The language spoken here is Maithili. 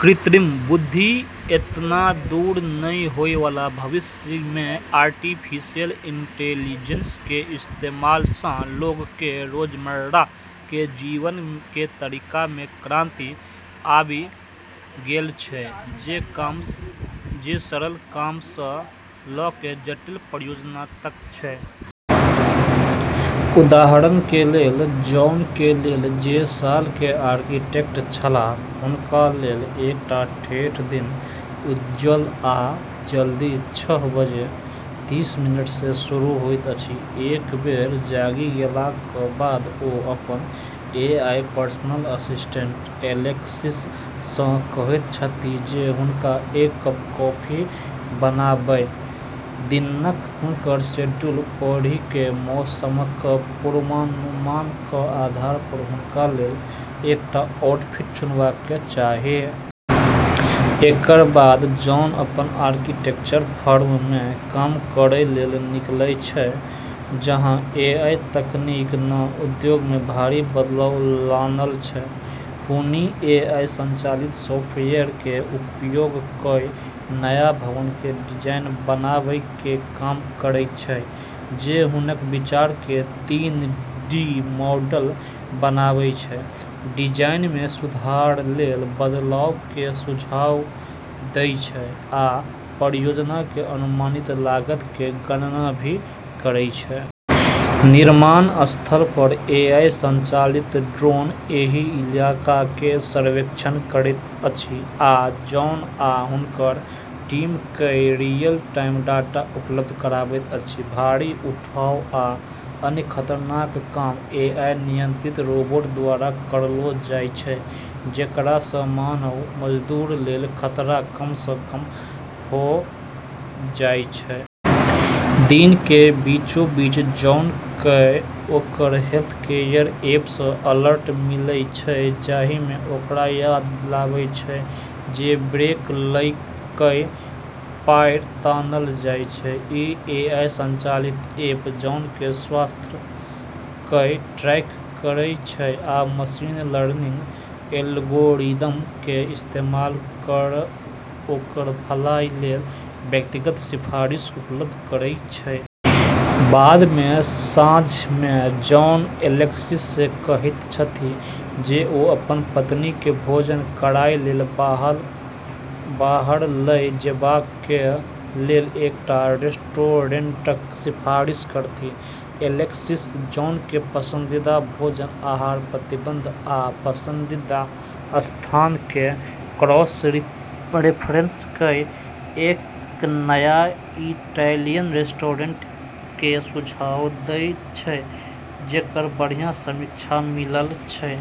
कृत्रिम बुद्धि एतना दूर नै होय वाला भविष्य मे आर्टिफिशियल इंटेलिजेंस के इस्तेमाल सँ लोग के रोजमर्रा के जीवन के तरीका मे क्रांति आबि गेल छै, जे सरल काम सँ लय कय जटिल परियोजना तक छै। उदाहरण के लेल जॉन के लेल, जे साल के आर्किटेक्ट छलाह। हुनका लेल एकटा ठेठ दिन उज्ज्वल आ जल्दी छह बजे तीस मिनट सँ शुरू होइत अछि। एक बेर जागि गेलाक बाद ओ अपन एआई पर्सनल असिस्टेंट "एलेक्सिस" सँ कहैत छथि जे हुनका एक कप कॉफी बनाबय, दिनक हुनकर शेड्यूल पढ़ि कय मौसमक पूर्वानुमानक आधार पर हुनका लेल एकटा आउटफिट चुनबाक चाही। एकर बाद जॉन अपन आर्किटेक्चर फर्म मे काम करै लेल निकलै छै, जहाँ एआई तकनीक नँ उद्योग मे भारी बदलाव लानल छै। हुनी एआई संचालित सॉफ्टवेयर के उपयोग कय नया भवन के डिजाइन बनाबै के काम करै छै जे हुनक विचार के तीन-डी मॉडल बनाबै छै, डिजाइन मे सुधार लेल बदलाव के सुझाव दै छै, आ परियोजना के अनुमानित लागत के गणना भी करै छै। निर्माण स्थल पर एआई संचालित ड्रोन एहि इलाका क सर्वेक्षण करैत अछि आ जॉन आ हुनकर टीम कए रियल टाइम डाटा उपलब्ध कराबैत अछि। भारी उठाव आ अन्य खतरनाक काम एआई नियंत्रित रोबोट द्वारा करलौ जाय छै, जेकरा सँ मानव मजदूर लेल खतरा कम सँ कम होय जाय छै। दिन के बीचोबीच जॉन कए ओकर हेल्थकेयर ऐप सँ अलर्ट मिलै छै जाहि मे ओकरा याद दिलाबै छै जे ब्रेक लय कय पैर तानल जाय। ई एआई संचालित ऐप जॉन के स्वास्थ्य कय ट्रैक करै छै आ मशीन लर्निंग एल्गोरिदम के इस्तेमाल कय ओकर भलाई लेल व्यक्तिगत सिफारिश उपलब्ध करै छै। बाद मे साँझ मे जॉन एलेक्सिस सँ कहैत छथि जे ओ अपन पत्नी के भोजन करय लेल बाहर लय जेबाक लेल एकटा रेस्टोरेंटक सिफारिश करथि। एलेक्सिस जॉन के पसंदीदा भोजन, आहार प्रतिबंध, आ पसंदीदा स्थान के क्रॉस-रेफरेंस कय एक नया इटैलियन रेस्टोरेंट के सुझाव दै छै जेकर बढ़िया समीक्षा मिलल छै।